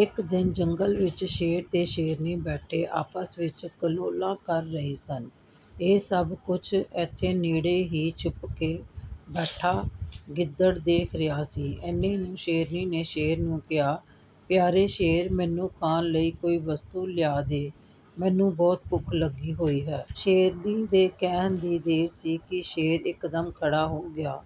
ਇੱਕ ਦਿਨ ਜੰਗਲ ਵਿੱਚ ਸ਼ੇਰ ਤੇ ਸ਼ੇਰਨੀ ਬੈਠੇ ਆਪਸ ਵਿੱਚ ਕਲੋਲਾਂ ਕਰ ਰਹੇ ਸਨ। ਇਹ ਸਭ ਕੁਝ ਉੱਥੇ ਨੇੜੇ ਹੀ ਛੁਪ ਕੇ ਬੈਠਾ ਗਿੱਦੜ ਦੇਖ ਰਿਹਾ ਸੀ। ਇੰਨੇ ਨੂੰ ਸ਼ੇਰਨੀ ਨੇ ਸ਼ੇਰ ਨੂੰ ਕਿਹਾ, ''ਪਿਆਰੇ ਸ਼ੇਰ, ਮੈਨੂੰ ਖਾਣ ਲਈ ਕੋਈ ਵਸਤੂ ਲਿਆ ਦੇ, ਮੈਨੂੰ ਬਹੁਤ ਭੁੱਖ ਲੱਗੀ ਹੋਈ ਹੈ।'' ''ਸ਼ੇਰਨੀ ਦੇ ਕਹਿਣ ਦੀ ਦੇਰ ਸੀ ਕਿ ਸ਼ੇਰ ਇਕਦਮ ਖੜ੍ਹਾ ਹੋ ਗਿਆ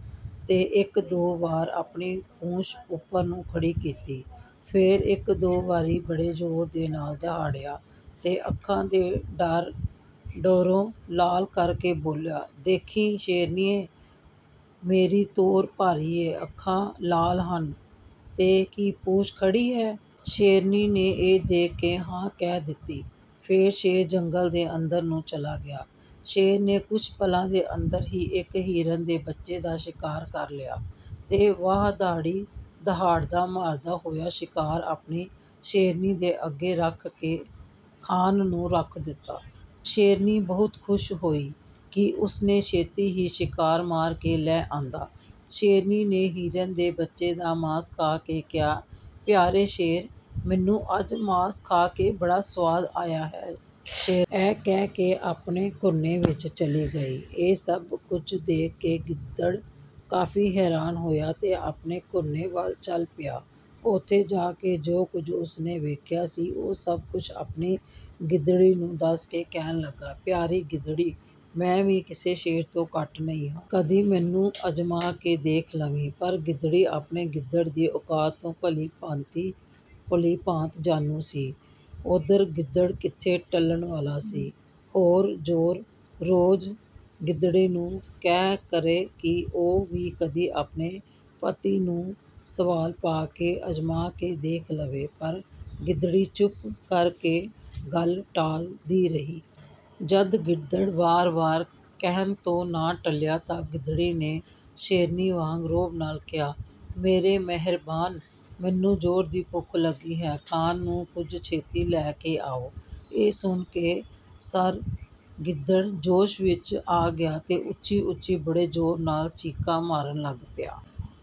ਤੇ ਇੱਕ-ਦੋ ਵਾਰੀ ਆਪਣੀ ਪੂੰਛ ਉੱਪਰ ਨੂੰ ਖੜ੍ਹੀ ਕੀਤੀ। ਫਿਰ ਇੱਕ-ਦੋ ਵਾਰੀ ਬੜੇ ਜ਼ੋਰ ਦੀ ਦਹਾੜਿਆ ਤੇ ਅੱਖਾਂ ਦੇ ਡੋਰੇ ਲਾਲ ਕਰਕੇ ਬੋਲਿਆ, ''ਦੇਖੀਂ, ਸ਼ੇਰਨੀ, ਮੇਰੀ ਤੋਰ ਭਾਰੀ ਹੈ, ਅੱਖਾਂ ਲਾਲ ਹਨ ਤੇ ਕੀ ਪੂੰਛ ਖੜ੍ਹੀ ਹੈ?'' ਸ਼ੇਰਨੀ ਨੇ ਇਹ ਦੇਖ ਕੇ 'ਹਾਂ' ਕਹਿ ਦਿੱਤੀ। ਫਿਰ ਸ਼ੇਰ ਜੰਗਲ ਦੇ ਅੰਦਰ ਨੂੰ ਚਲਾ ਗਿਆ। ਸ਼ੇਰ ਨੇ ਕੁਝ ਪਲਾਂ ਦੇ ਅੰਦਰ ਹੀ ਇੱਕ ਹਿਰਨ ਦੇ ਬੱਚੇ ਦਾ ਸ਼ਿਕਾਰ ਕਰ ਲਿਆ ਤੇ ਵਾਹੋ-ਦਾਹੀ ਦਹਾੜਾਂ ਮਾਰਦਾ ਹੋਇਆ ਸ਼ਿਕਾਰ ਆਪਣੀ ਸ਼ੇਰਨੀ ਦੇ ਅੱਗੇ ਖਾਣ ਨੂੰ ਰੱਖ ਦਿੱਤਾ। ਸ਼ੇਰਨੀ ਬਹੁਤ ਖ਼ੁਸ਼ ਹੋਈ ਕਿ ਉਸ ਨੇ ਛੇਤੀ ਹੀ ਸ਼ਿਕਾਰ ਮਾਰ ਕੇ ਲੈ ਆਂਦਾ। ਸ਼ੇਰਨੀ ਨੇ ਹਿਰਨ ਦੇ ਬੱਚੇ ਦਾ ਮਾਸ ਖਾ ਕੇ ਕਿਹਾ, ''ਪਿਆਰੇ ਸ਼ੇਰ, ਮੈਨੂੰ ਅੱਜ ਮਾਸ ਖਾ ਕੇ ਬੜਾ ਸੁਆਦ ਆਇਆ ਹੈ।"ਸ਼ੇਰਨੀ ਇਹ ਕਹਿ ਕੇ ਆਪਣੇ ਘੁਰਨੇ ਵਿੱਚ ਚਲੀ ਗਈ। ਇਹ ਸਭ ਕੁਝ ਦੇਖ ਕੇ ਗਿੱਦੜ ਕਾਫ਼ੀ ਹੈਰਾਨ ਹੋਇਆ ਤੇ ਆਪਣੇ ਘੁਰਨੇ ਵੱਲ ਚੱਲ ਪਿਆ। ਉੱਥੇ ਜਾ ਕੇ ਜੋ ਕੁਝ ਉਸ ਨੇ ਵੇਖਿਆ ਸੀ, ਉਹ ਸਭ ਕੁਝ ਆਪਣੀ ਗਿੱਦੜੀ ਨੂੰ ਦੱਸ ਕੇ ਕਹਿਣ ਲੱਗਾ, ''ਪਿਆਰੀ ਗਿੱਦੜੀ, ਮੈਂ ਵੀ ਕਿਸੇ ਸ਼ੇਰ ਤੋਂ ਘੱਟ ਨਹੀਂ ਹਾਂ। ਕਦੇ ਮੈਨੂੰ ਅਜ਼ਮਾ ਕੇ ਦੇਖ ਲਵੀਂ।''ਪਰ ਗਿੱਦੜੀ ਆਪਣੇ ਗਿੱਦੜ ਦੀ ਔਕਾਤ ਤੋਂ ਭਲੀ-ਭਾਂਤ ਜਾਣੂ ਸੀ। ਓਧਰ ਗਿੱਦੜ ਕਿੱਥੇ ਟਲਣ ਵਾਲਾ ਸੀ। ਹਰ ਰੋਜ਼ ਗਿੱਦੜੀ ਨੂੰ ਕਿਹਾ ਕਰੇ ਕਿ ਉਹ ਵੀ ਕਦੇ ਆਪਣੇ ਪਤੀ ਨੂੰ ਸਵਾਲ ਪਾ ਕੇ ਅਜ਼ਮਾ ਕੇ ਦੇਖ ਲਵੇ, ਪਰ ਗਿੱਦੜੀ ਚੁੱਪ ਕਰਕੇ ਗੱਲ ਟਾਲਦੀ ਰਹੀ। ਜਦੋਂ ਗਿੱਦੜ ਵਾਰ-ਵਾਰ ਕਹਿਣ ਤੋਂ ਨਾ ਟਲਿਆ ਤਾਂ ਗਿੱਦੜੀ ਨੇ ਸ਼ੇਰਨੀ ਵਾਂਗ ਰੋਅਬ ਨਾਲ ਕਿਹਾ, ''ਮੇਰੇ ਮਿਹਰਬਾਨ, ਮੈਨੂੰ ਜ਼ੋਰ ਦੀ ਭੁੱਖ ਲੱਗੀ ਹੈ, ਖਾਣ ਨੂੰ ਕੁਝ ਛੇਤੀ ਲੈ ਕੇ ਆ।" ਇਹ ਸੁਣਦੇ ਸਾਰ ਗਿੱਦੜ ਜੋਸ਼ ਵਿੱਚ ਆ ਗਿਆ ਤੇ ਉੱਚੀ-ਉੱਚੀ ਬੜੇ ਜ਼ੋਰ ਨਾਲ ਚੀਕਾਂ ਮਾਰਨ ਲੱਗ ਪਿਆ।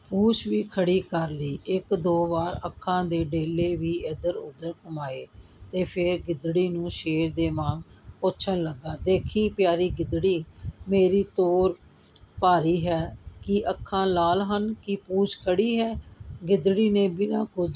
ਪੂੰਛ ਵੀ ਖੜ੍ਹੀ ਕਰ ਲਈ, ਇੱਕ-ਦੋ ਵਾਰ ਅੱਖਾਂ ਦੇ ਡੇਲੇ ਵੀ ਇੱਧਰ-ਉੱਧਰ ਘੁੰਮਾਏ ਤੇ ਫਿਰ ਗਿੱਦੜੀ ਨੂੰ ਸ਼ੇਰ ਦੇ ਵਾਂਗ ਪੁੱਛਣ ਲੱਗਿਆ, ''ਦੇਖੀਂ, ਪਿਆਰੀ ਗਿੱਦੜੀ, ਮੇਰੀ ਤੋਰ ਭਾਰੀ ਹੈ, ਕੀ ਅੱਖਾਂ ਲਾਲ ਹਨ ਤੇ ਪੂੰਛ ਖੜ੍ਹੀ ਹੈ?'' ਗਿੱਦੜੀ ਨੇ ਬਿਨਾਂ ਕੁਝ